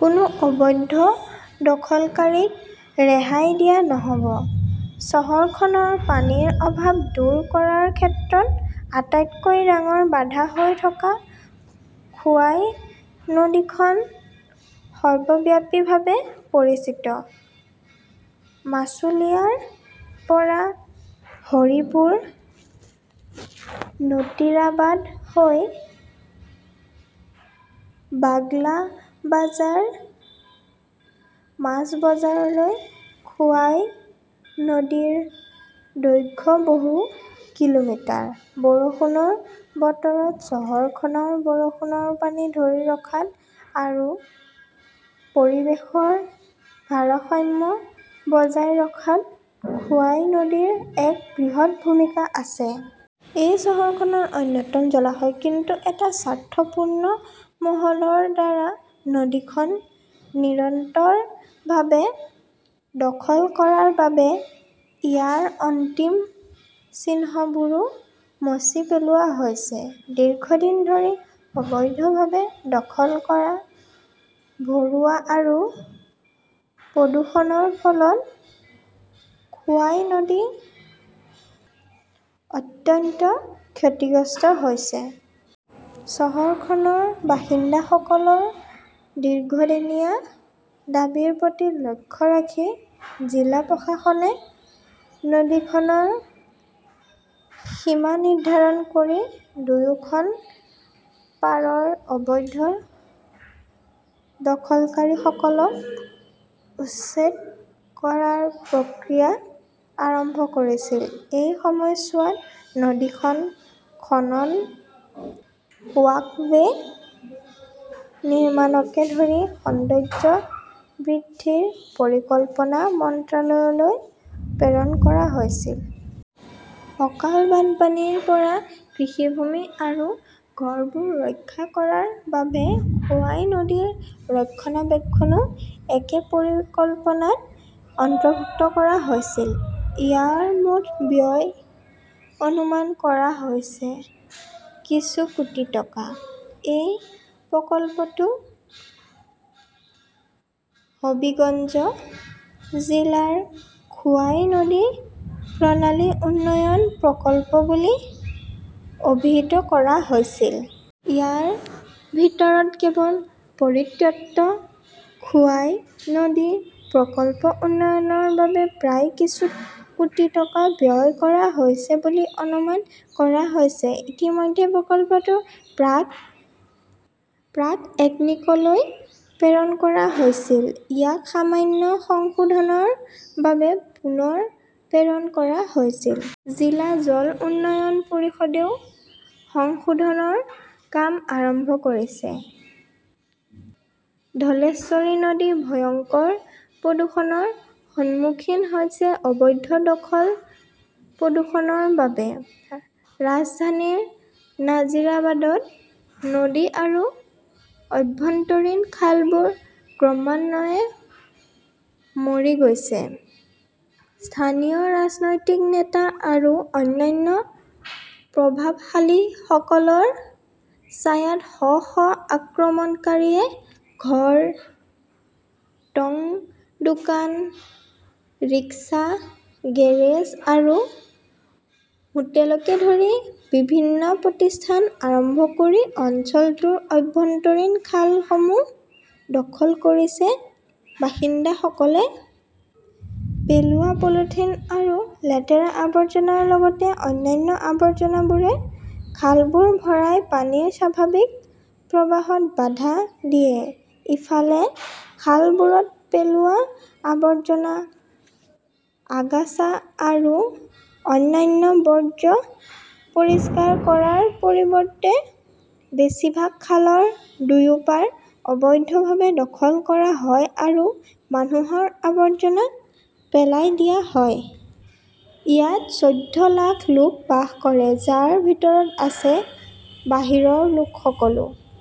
কোনো অবৈধ দখলকাৰীক ৰেহাই দিয়া নহ'ব। চহৰখনৰ পানীৰ অভাৱ দূৰ কৰাৰ ক্ষেত্ৰত আটাইতকৈ ডাঙৰ বাধা হৈ থকা খোৱাই নদীখন সৰ্বব্যাপীভাৱে পৰিচিত। মাছুলিয়াৰ পৰা হৰিপুৰ-নটীৰাবাদ হৈ বাগলাবাজাৰ, মাছবজাৰলৈ খোৱাই নদীৰ দৈৰ্ঘ্য বহু কিলোমিটাৰ। বৰষুণৰ বতৰত চহৰখনৰ বৰষুণৰ পানী ধৰি ৰখাত আৰু পৰিৱেশৰ ভাৰসাম্য বজাই ৰখাত খোৱাই নদীৰ এক বৃহৎ ভূমিকা আছে। ই চহৰখনৰ অন্যতম জলাশয়। কিন্তু এটা স্বাৰ্থপূৰ্ণ মহলৰ দ্বাৰা নদীখন নিৰন্তৰভাৱে দখল কৰাৰ বাবে ইয়াৰ অন্তিম চিহ্নবোৰো মচি পেলোৱা হৈছে। দীৰ্ঘদিন ধৰি অবৈধভাৱে দখল কৰা, ভৰোৱা আৰু প্ৰদূষণৰ ফলত খোৱাই নদী অত্যন্ত ক্ষতিগ্ৰস্ত হৈছে। চহৰখনৰ বাসিন্দাসকলৰ দীৰ্ঘদিনীয়া দাবীৰ প্ৰতি লক্ষ্য ৰাখি জিলা প্ৰশাসনে নদীখনৰ সীমা নিৰ্ধাৰণ কৰি দুয়োখন পাৰৰ অবৈধ দখলকাৰীসকলক উচ্ছেদ কৰাৰ প্ৰক্ৰিয়া আৰম্ভ কৰিছিল। এই সময়ছোৱাত নদীখন খনন, ৱাকৱে নিৰ্মাণকে ধৰি সৌন্দৰ্য্য বৃদ্ধিৰ পৰিকল্পনা মন্ত্ৰালয়লৈ প্ৰেৰণ কৰা হৈছিল। অকাল বানপানীৰ পৰা কৃষিভূমি আৰু ঘৰবোৰ ৰক্ষা কৰাৰ বাবে খোৱাই নদীৰ ৰক্ষণাবেক্ষণও একে পৰিকল্পনাত অন্তৰ্ভুক্ত কৰা হৈছিল। ইয়াৰ মুঠ ব্যয় অনুমান কৰা হৈছে কিছু কোটি টকা। এই প্ৰকল্পটোক হবিগঞ্জ জিলাৰ খোৱাই নদী প্ৰণালী উন্নয়ন প্ৰকল্প বুলি অভিহিত কৰা হৈছিল। ইয়াৰ ভিতৰত কেৱল পৰিত্যক্ত খোৱাই নদী প্ৰকল্প ৰূপায়ণৰ বাবে প্ৰায় কিছু কোটি টকা ব্যয় কৰা হৈছে বুলি অনুমান কৰা হৈছে। ইতিমধ্যে প্ৰকল্পটো প্ৰাক-একনিকলৈ প্ৰেৰণ কৰা হৈছিল, ইয়াক সামান্য সংশোধনৰ বাবে পুনৰ প্ৰেৰণ কৰা হৈছিল। জিলা জল উন্নয়ন পৰিষদেও সংশোধনৰ কাম আৰম্ভ কৰিছে। ধলেশ্বৰী নদী ভয়ংকৰ প্ৰদূষণৰ সন্মুখীন হৈছে অবৈধ দখল-প্ৰদূষণৰ বাবে ।ৰাজধানীৰ নাছিৰাবাদত নদী আৰু আভ্যন্তৰীণ খালবোৰ ক্ৰমান্বয়ে মৰি গৈছে। স্থানীয় ৰাজনৈতিক নেতা আৰু অন্যান্য প্ৰভাৱশালীসকলৰ ছায়াত শ শ আক্ৰমণকাৰীয়ে ঘৰ, টঙ দোকান, ৰিক্সা গেৰেজ আৰু হোটেলকে ধৰি বিভিন্ন প্ৰতিষ্ঠান আৰম্ভ কৰি অঞ্চলটোৰ আভ্যন্তৰীণ খালসমূহ দখল কৰিছে। বাসিন্দাসকলে পেলোৱা পলিথিন আৰু লেতেৰা আৱৰ্জনাৰ লগতে অন্যান্য আৱৰ্জনাবোৰে খালবোৰ ভৰাই পানীৰ স্বাভাৱিক প্ৰবাহত বাধা দিয়ে। ইফালে, খালবোৰত পেলোৱা আৱৰ্জনা, আগাছা আৰু অন্যান্য বৰ্জ্য পৰিষ্কাৰ কৰাৰ পৰিৱৰ্তে বেছিভাগ খালৰ দুয়োপাৰ অবৈধভাৱে দখল কৰা হয় আৰু মানুহৰ আৱৰ্জনা পেলাই দিয়া হয়। ইয়াত চৌধ্য লাখ লোক বাস কৰে, যাৰ ভিতৰত আছে বাহিৰৰ লোকসকলো।